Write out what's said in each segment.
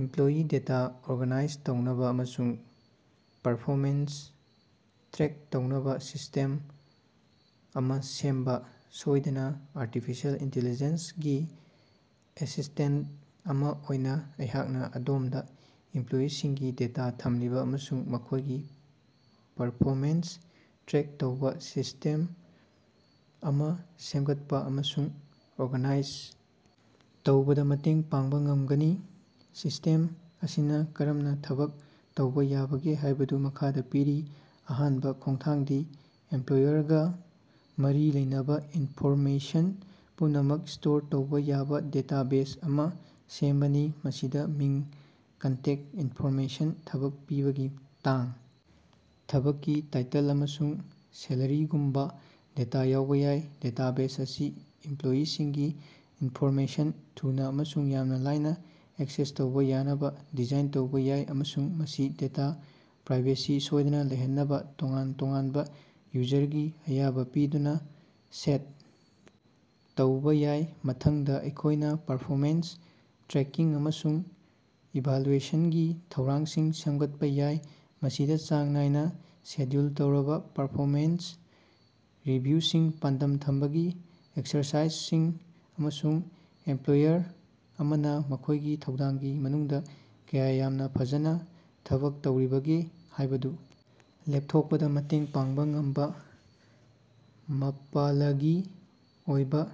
Employee data organise ꯇꯧꯅꯕꯥ ꯑꯃꯁꯨꯡ performance track ꯇꯧꯅꯕꯥ ꯁꯤꯁ꯭ꯇꯦꯝ ꯑꯃꯥ ꯁꯦꯝꯕꯥ꯫ ꯁꯣꯏꯗꯅꯥ ꯑꯥꯔꯇꯤꯐꯤꯁꯤꯌꯦꯜ ꯏꯟꯇꯤꯂꯤꯖꯦꯟꯁ ꯒꯤ ꯑꯦꯁꯤꯁ꯭ꯇꯦꯟꯠ ꯑꯃꯥ ꯑꯣꯏꯅꯥ ꯑꯩꯍꯥꯛꯅꯥ ꯑꯗꯣꯝꯗꯥ ꯏꯝꯄ꯭ꯂꯣꯌꯤꯁꯤꯡꯒꯤ ꯗꯦꯇꯥ ꯊꯝꯂꯤꯕꯥ ꯑꯃꯁꯨꯡ ꯃꯈꯣꯏꯒꯤ ꯄꯔꯐꯣꯃꯦꯟꯁ ꯇ꯭ꯔꯦꯛ ꯇꯧꯕꯥ ꯁꯤꯁ꯭ꯇꯦꯝ ꯑꯃꯥ ꯁꯦꯝꯒꯠꯄꯥ ꯑꯃꯁꯨꯡ ꯑꯣꯔꯒꯅꯥꯏꯖ ꯇꯧꯕꯗꯥ ꯃꯇꯦꯡ ꯄꯥꯡꯕꯥ ꯉꯝꯒꯅꯤ꯫ ꯁꯤꯁ꯭ꯇꯦꯝ ꯑꯁꯤꯅꯥ ꯀꯔꯝꯅꯥ ꯊꯕꯛ ꯇꯧꯕꯥ ꯌꯥꯕꯒꯦ ꯍꯥꯏꯕꯗꯨ ꯃꯈꯥꯗꯥ ꯄꯤꯔꯤ ꯑꯍꯥꯟꯕꯥ ꯈꯣꯡꯊꯥꯡꯗꯤ ꯑꯦꯝꯄ꯭ꯂꯣꯌꯔꯒꯥ ꯃꯔꯤ ꯂꯩꯅꯕꯥ ꯏꯟꯐꯣꯔꯃꯦꯁꯟ ꯄꯨꯝꯅꯃꯛ ꯁ꯭ꯇꯣꯔ ꯇꯧꯕꯥ ꯌꯥꯕꯥ ꯗꯦꯇꯥꯕꯦꯖ ꯑꯃꯥ ꯁꯦꯝꯕꯅꯤ꯫ ꯃꯁꯤꯗꯥ ꯃꯤꯡ ꯀꯟꯇꯦꯛ ꯏꯟꯐꯣꯔꯃꯦꯁꯟ ꯊꯕꯛ ꯄꯤꯕꯒꯤ ꯇꯥꯡ ꯊꯕꯛꯀꯤ ꯇꯥꯏꯇꯜ ꯑꯃꯁꯨꯡ ꯁꯦꯂꯔꯤꯒꯨꯝꯕꯥ ꯗꯦꯇꯥ ꯌꯥꯎꯕꯥ ꯌꯥꯏ꯫ ꯗꯦꯇꯥꯕꯦꯖ ꯑꯁꯤ ꯏꯝꯄ꯭ꯂꯣꯌꯤꯁꯤꯡꯒꯤ ꯏꯟꯐꯣꯔꯃꯦꯁꯟ ꯊꯨꯅꯥ ꯑꯃꯁꯨꯡ ꯌꯥꯝꯅꯥ ꯂꯥꯏꯅꯥ ꯑꯦꯛꯁꯦꯁ ꯇꯧꯕꯥ ꯌꯥꯅꯕꯥ ꯗꯤꯖꯥꯏꯟ ꯇꯧꯕꯥ ꯌꯥꯏ ꯑꯃꯁꯨꯡ ꯃꯁꯤ ꯗꯦꯇꯥ ꯄ꯭ꯔꯥꯏꯚꯦꯁꯤ ꯁꯣꯏꯗꯅꯥ ꯂꯩꯍꯟꯅꯕꯥ ꯇꯣꯉꯥꯟ ꯇꯣꯉꯥꯟꯕꯥ ꯌꯨꯖꯔꯒꯤ ꯑꯌꯥꯕꯥ ꯄꯤꯗꯨꯅꯥ ꯁꯦꯠ ꯇꯧꯕꯥ ꯌꯥꯏ꯫ ꯃꯊꯪꯗꯥ ꯑꯩꯈꯣꯏꯅꯥ ꯄꯔꯐꯣꯃꯦꯟꯁ ꯇ꯭ꯔꯦꯀꯤꯡ ꯑꯃꯁꯨꯡ ꯏꯚꯥꯂꯨꯑꯦꯁꯟꯒꯤ ꯊꯧꯔꯥꯡꯁꯤꯡ ꯁꯦꯝꯒꯠꯄꯥ ꯌꯥꯏ꯫ ꯃꯁꯤꯗꯥ ꯆꯥꯡ ꯅꯥꯏꯅꯥ ꯁꯦꯗ꯭ꯌꯨꯜ ꯇꯧꯔꯕꯥ ꯄꯔꯐꯣꯃꯦꯟꯁ ꯔꯤꯚꯤꯌꯨꯁꯤꯡ ꯄꯥꯟꯗꯝ ꯊꯝꯕꯒꯤ ꯑꯦꯛꯁꯔꯁꯥꯏꯖꯁꯤꯡ ꯑꯃꯁꯨꯡ ꯑꯦꯝꯄ꯭ꯂꯣꯌꯔ ꯑꯃꯅꯥ ꯃꯈꯣꯏꯒꯤ ꯊꯧꯗꯥꯡꯒꯤ ꯃꯅꯨꯡꯗꯥ ꯀꯌꯥ ꯌꯥꯝꯅꯥ ꯐꯖꯅꯥ ꯊꯕꯛ ꯇꯧꯔꯤꯕꯒꯦ ꯍꯥꯏꯕꯗꯨ ꯂꯦꯞꯊꯣꯛꯄꯗꯥ ꯃꯇꯦꯡ ꯄꯥꯡꯕꯥ ꯉꯝꯕꯥ ꯃꯥꯄꯂꯒꯤ ꯑꯣꯏꯕꯥ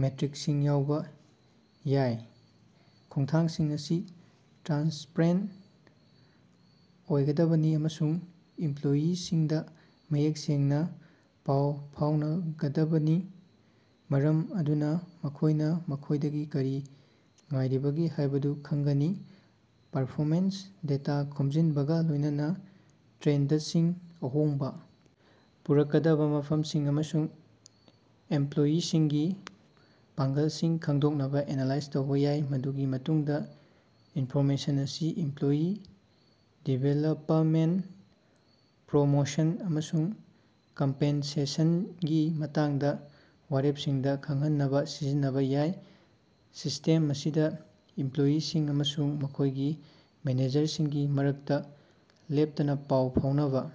ꯃꯦꯇ꯭ꯔꯤꯛꯁꯤꯡ ꯌꯥꯎꯕꯥ ꯌꯥꯏ꯫ ꯈꯣꯡꯊꯥꯡꯁꯤꯡ ꯑꯁꯤ ꯇ꯭ꯔꯥꯟꯁꯄꯔꯦꯟꯠ ꯑꯣꯏꯒꯗꯕꯅꯤ ꯑꯃꯁꯨꯡ ꯏꯝꯄ꯭ꯂꯣꯌꯤꯁꯤꯡꯗꯥ ꯃꯌꯦꯛ ꯁꯦꯡꯅꯥ ꯄꯥꯎ ꯐꯥꯎꯅꯒꯗꯕꯅꯤ ꯃꯔꯝ ꯑꯗꯨꯅꯥ ꯃꯈꯣꯏꯅꯥ ꯃꯈꯣꯏꯗꯒꯤ ꯀꯔꯤ ꯉꯥꯏꯔꯤꯕꯒꯦ ꯍꯥꯏꯕꯗꯨ ꯈꯪꯒꯅꯤ꯫ ꯄꯔꯐꯣꯃꯦꯟꯁ ꯗꯦꯇꯥ ꯈꯣꯝꯖꯤꯟꯕꯒꯥ ꯂꯣꯏꯅꯅꯥ ꯇ꯭ꯔꯦꯟꯗꯁꯤꯡ ꯑꯍꯣꯡꯕꯥ ꯄꯨꯔꯛꯀꯗꯕꯥ ꯃꯐꯝꯁꯤꯡ ꯑꯃꯁꯨꯡ ꯑꯦꯝꯄ꯭ꯂꯣꯌꯤꯁꯤꯡꯒꯤ ꯄꯥꯡꯒꯜꯁꯤꯡ ꯈꯪꯗꯣꯛꯅꯕꯥ ꯑꯦꯅꯥꯂꯥꯏꯖ ꯇꯧꯕꯥ ꯌꯥꯏ꯫ ꯃꯗꯨꯒꯤ ꯃꯇꯨꯡꯗꯥ ꯏꯟꯐꯣꯔꯃꯦꯁꯟ ꯑꯁꯤ ꯏꯝꯄ꯭ꯂꯣꯌꯤ ꯗꯤꯚꯦꯂꯄꯃꯦꯟꯠ ꯄ꯭ꯔꯣꯃꯣꯁꯟ ꯑꯃꯁꯨꯡ ꯀꯝꯄꯦꯟꯁꯦꯁꯟꯒꯤ ꯃꯇꯥꯡꯗꯥ ꯋꯥꯔꯦꯞꯁꯤꯡꯗꯥ ꯈꯪꯍꯟꯅꯕꯥ ꯁꯤꯖꯤꯟꯅꯕꯥ ꯌꯥꯏ꯫ ꯁꯤꯁ꯭ꯇꯦꯝ ꯑꯁꯤꯗꯥ ꯏꯝꯄ꯭ꯂꯣꯌꯤꯁꯤꯡ ꯑꯃꯁꯨꯡ ꯃꯈꯣꯏꯒꯤ ꯃꯦꯅꯦꯖꯔꯁꯤꯡꯒꯤ ꯃꯔꯛꯇꯥ ꯂꯦꯞꯇꯅꯥ ꯄꯥꯎ ꯐꯥꯎꯅꯕꯥ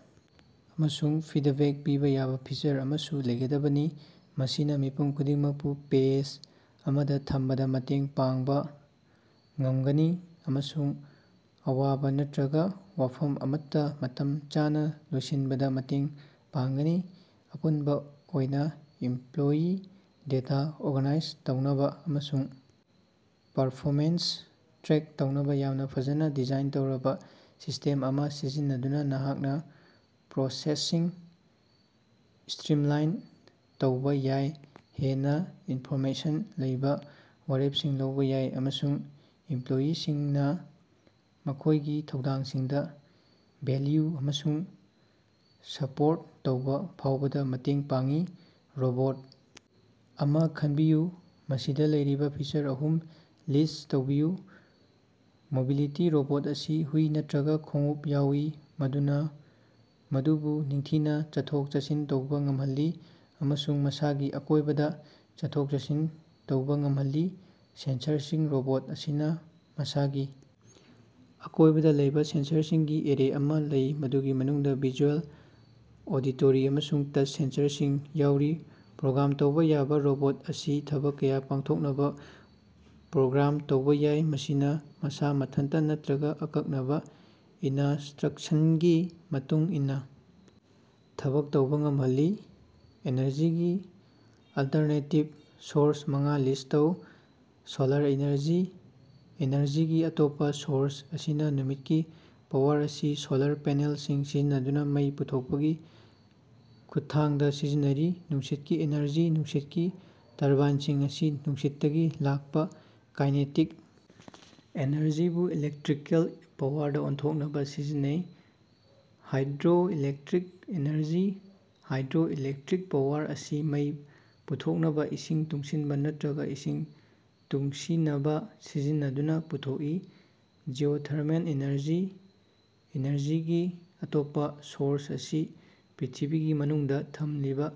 ꯑꯃꯁꯨꯡ ꯐꯤꯗꯕꯦꯛ ꯄꯤꯕꯥ ꯌꯥꯕꯥ ꯐꯤꯆꯔ ꯑꯃꯁꯨ ꯂꯩꯒꯗꯕꯅꯤ꯫ ꯃꯁꯤꯅꯥ ꯃꯤꯄꯨꯝ ꯈꯨꯗꯤꯡꯃꯛꯄꯨ ꯄꯦꯖ ꯑꯃꯗꯥ ꯊꯝꯕꯗꯥ ꯃꯇꯦꯡ ꯄꯥꯡꯕꯥ ꯉꯝꯒꯅꯤ ꯑꯃꯁꯨꯡ ꯑꯋꯥꯕꯥ ꯅꯠꯇ꯭ꯔꯒꯥ ꯋꯥꯐꯝ ꯑꯃꯠꯇꯥ ꯃꯇꯝ ꯆꯥꯅꯥ ꯂꯣꯏꯁꯤꯟꯕꯗꯥ ꯃꯇꯦꯡ ꯄꯥꯡꯒꯅꯤ꯫ ꯑꯄꯨꯟꯕꯥ ꯑꯣꯏꯅ ꯏꯝꯄ꯭ꯂꯣꯌꯤ ꯗꯦꯇꯥ ꯑꯣꯔꯒꯥꯅꯥꯏꯖ ꯇꯧꯅꯕꯥ ꯑꯃꯁꯨꯡ ꯄꯔꯐꯣꯃꯦꯟꯁ ꯇ꯭ꯔꯦꯛ ꯇꯧꯅꯕꯥ ꯌꯥꯝꯅꯥ ꯐꯖꯅꯥ ꯗꯤꯖꯥꯏꯟ ꯇꯧꯔꯕꯥ ꯁꯤꯁ꯭ꯇꯦꯝ ꯑꯃꯥ ꯁꯤꯖꯤꯟꯅꯗꯨꯅꯥ ꯅꯍꯥꯛꯅꯥ ꯄ꯭ꯔꯣꯁꯦꯁꯁꯤꯡ ꯁ꯭ꯇꯔꯤꯝꯂꯥꯏꯟ ꯇꯧꯕꯥ ꯌꯥꯏ ꯍꯦꯟꯅꯥ ꯏꯟꯐꯣꯔꯃꯦꯁꯟ ꯂꯩꯕꯥ ꯋꯥꯔꯦꯞꯁꯤꯡ ꯂꯧꯕꯥ ꯌꯥꯏ ꯑꯃꯁꯨꯡ ꯏꯝꯄ꯭ꯂꯣꯌꯤꯁꯤꯡꯅꯥ ꯃꯈꯣꯏꯒꯤ ꯊꯧꯗꯥꯡꯁꯤꯡꯗꯥ ꯚꯦꯜꯌꯨ ꯑꯃꯁꯨꯡ ꯁꯄꯣꯔꯠ ꯇꯧꯕꯥ ꯐꯥꯎꯕꯗꯥ ꯃꯇꯦꯡ ꯄꯥꯡꯏ꯫ ꯔꯣꯕꯣꯠ ꯑꯃꯥ ꯈꯟꯕꯤꯌꯨ꯫ ꯃꯁꯤꯗꯥ ꯂꯩꯔꯤꯕꯥ ꯐꯤꯆꯔ ꯑꯍꯨꯝ ꯂꯤꯁ꯭ꯠ ꯇꯧꯕꯤꯌꯨ꯫ ꯃꯣꯕꯤꯂꯤꯇꯤ ꯔꯣꯕꯣꯠ ꯑꯁꯤ ꯍꯨꯏ ꯅꯠꯇ꯭ꯔꯒꯥ ꯈꯣꯡꯎꯞ ꯌꯥꯎꯏ ꯃꯗꯨꯅꯥ ꯃꯗꯨꯕꯨ ꯅꯤꯡꯊꯤꯅꯥ ꯆꯠꯊꯣꯛ ꯆꯠꯁꯤꯟ ꯇꯧꯕꯥ ꯉꯝꯍꯜꯂꯤ ꯑꯃꯁꯨꯡ ꯃꯁꯥꯒꯤ ꯑꯀꯣꯏꯕꯗꯥ ꯆꯠꯊꯣꯛ ꯆꯠꯁꯤꯟ ꯇꯧꯕꯥ ꯉꯝꯍꯜꯂꯤ꯫ ꯁꯦꯟꯁꯔꯁꯤꯡ ꯔꯣꯕꯣꯠ ꯑꯁꯤꯅꯥ ꯃꯁꯥꯒꯤ ꯑꯀꯣꯏꯕꯗꯥ ꯂꯩꯕꯥ ꯁꯦꯟꯁꯔꯁꯤꯡꯒꯤ ꯑꯦꯔꯦ ꯑꯃꯥ ꯂꯩ ꯃꯗꯨꯒꯤ ꯃꯅꯨꯡꯗꯥ ꯚꯤꯖꯨꯑꯦꯜ ꯑꯣꯗꯤꯇꯣꯔꯤ ꯑꯃꯁꯨꯡ ꯇꯆ ꯁꯦꯟꯁꯔꯁꯤꯡ ꯌꯥꯎꯔꯤ꯫ ꯄ꯭ꯔꯣꯒ꯭ꯔꯥꯝ ꯇꯧꯕꯥ ꯌꯥꯕꯥ ꯔꯣꯕꯣꯠ ꯑꯁꯤ ꯊꯕꯛ ꯀꯌꯥ ꯄꯥꯡꯊꯣꯛꯅꯕꯥ ꯄ꯭ꯔꯣꯒ꯭ꯔꯥꯝ ꯇꯧꯕꯥ ꯌꯥꯏ, ꯃꯁꯤꯅꯥ ꯃꯁꯥ ꯃꯊꯟꯇꯥ ꯅꯠꯇ꯭ꯔꯒꯥ ꯑꯀꯛꯅꯕꯥ ꯏꯅꯁ꯭ꯇꯔꯛꯁꯟꯒꯤ ꯃꯇꯨꯡ ꯏꯟꯅꯥ ꯊꯕꯛ ꯇꯧꯕꯥ ꯉꯝꯍꯜꯂꯤ꯫ ꯑꯦꯅꯔꯖꯤꯒꯤ ꯑꯜꯇꯔꯅꯦꯇꯤꯚ ꯁꯣꯔꯁ ꯃꯉꯥ ꯂꯤꯁ꯭ꯠ ꯇꯧ꯫ ꯁꯣꯂꯥꯔ ꯏꯅꯔꯖꯤ ꯏꯅꯔꯖꯤꯒꯤ ꯑꯇꯣꯞꯄꯥ ꯁꯣꯔꯁ ꯑꯁꯤꯅꯥ ꯅꯨꯃꯤꯠꯀꯤ ꯄꯥꯋꯔ ꯑꯁꯤ ꯁꯣꯂꯥꯔ ꯄꯦꯅꯦꯜꯁꯤꯡ ꯁꯤꯖꯤꯟꯅꯗꯨꯅꯥ ꯃꯩ ꯄꯨꯊꯣꯛꯄꯒꯤ ꯈꯨꯠꯊꯥꯡꯗꯥ ꯁꯤꯖꯤꯟꯅꯔꯤ꯫ ꯅꯨꯡꯁꯤꯠꯀꯤ ꯏꯅꯔꯖꯤ ꯅꯨꯡꯁꯤꯠꯀꯤ ꯇꯔꯕꯥꯏꯟꯁꯤꯡ ꯑꯁꯤ ꯅꯨꯡꯁꯤꯠꯇꯒꯤ ꯂꯥꯛꯄꯥ ꯀꯥꯏꯅꯦꯇꯤꯛ ꯑꯦꯅꯔꯖꯤꯕꯨ ꯏꯂꯦꯛꯇ꯭ꯔꯤꯀꯦꯜ ꯄꯥꯋꯔꯗꯥ ꯑꯣꯟꯊꯣꯛꯅꯕꯥ ꯁꯤꯖꯤꯟꯅꯩ꯫ ꯍꯥꯏꯗ꯭ꯔꯣꯏꯂꯦꯛꯇ꯭ꯔꯤꯛ ꯏꯅꯔꯖꯤ ꯍꯥꯏꯗ꯭ꯔꯣꯏꯂꯦꯛꯇ꯭ꯔꯤꯛ ꯄꯥꯋꯔ ꯑꯁꯤ ꯃꯩ ꯄꯨꯊꯣꯛꯅꯕꯥ ꯏꯁꯤꯡ ꯇꯨꯡꯁꯤꯟꯕꯥ ꯅꯠꯇ꯭ꯔꯒꯥ ꯏꯁꯤꯡ ꯇꯨꯡꯁꯤꯅꯕꯥ ꯁꯤꯖꯤꯟꯅꯗꯨꯅꯥ ꯄꯨꯊꯣꯛꯏ꯫ ꯖꯤꯑꯣꯊꯔꯃꯦꯜ ꯏꯅꯔꯖꯤ ꯏꯅꯔꯖꯤꯒꯤ ꯑꯇꯣꯞꯄꯥ ꯁꯣꯔꯁ ꯑꯁꯤ ꯄ꯭ꯔ꯭ꯤꯊꯤꯕꯤꯒꯤ ꯃꯅꯨꯡꯗꯥ ꯊꯝꯂꯤꯕꯥ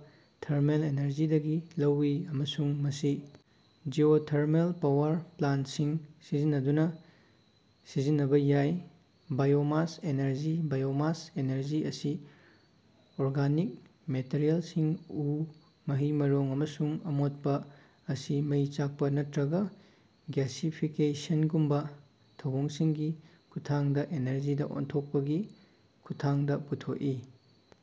ꯊꯔꯃꯦꯜ ꯑꯦꯅꯔꯖꯤꯗꯒꯤ ꯂꯧꯏ ꯑꯃꯁꯨꯡ ꯃꯁꯤ ꯖꯤꯑꯣꯊꯔꯃꯦꯜ ꯄꯥꯋꯔ ꯄ꯭ꯂꯥꯟꯠꯁꯤꯡ ꯁꯤꯖꯤꯟꯅꯗꯨꯅꯥ ꯁꯤꯖꯤꯟꯅꯕꯥ ꯌꯥꯏ꯫ ꯕꯥꯏꯑꯣꯃꯥꯁ ꯑꯦꯅꯔꯖꯤ ꯕꯥꯏꯑꯣꯃꯥꯁ ꯑꯦꯅꯔꯖꯤ ꯑꯁꯤ ꯑꯣꯔꯒꯥꯅꯤꯛ ꯃꯦꯇꯔꯤꯑꯦꯜꯁꯤꯡ ꯎ ꯃꯍꯩ ꯃꯔꯣꯡ ꯑꯃꯁꯨꯡ ꯑꯃꯣꯠꯄꯥ ꯑꯁꯤ ꯃꯩ ꯆꯥꯛꯄꯥ ꯅꯠꯇ꯭ꯔꯒꯥ ꯒ꯭ꯌꯥꯁꯤꯐꯤꯀꯦꯁꯟꯒꯨꯝꯕꯥ ꯊꯧꯑꯣꯡꯁꯤꯡꯒꯤ ꯈꯨꯠꯊꯥꯡꯗꯥ ꯑꯦꯅꯔꯖꯤꯗꯥ ꯑꯣꯟꯊꯣꯛꯄꯒꯤ ꯈꯨꯠꯊꯥꯡꯗꯥ ꯄꯨꯊꯣꯛꯏ꯫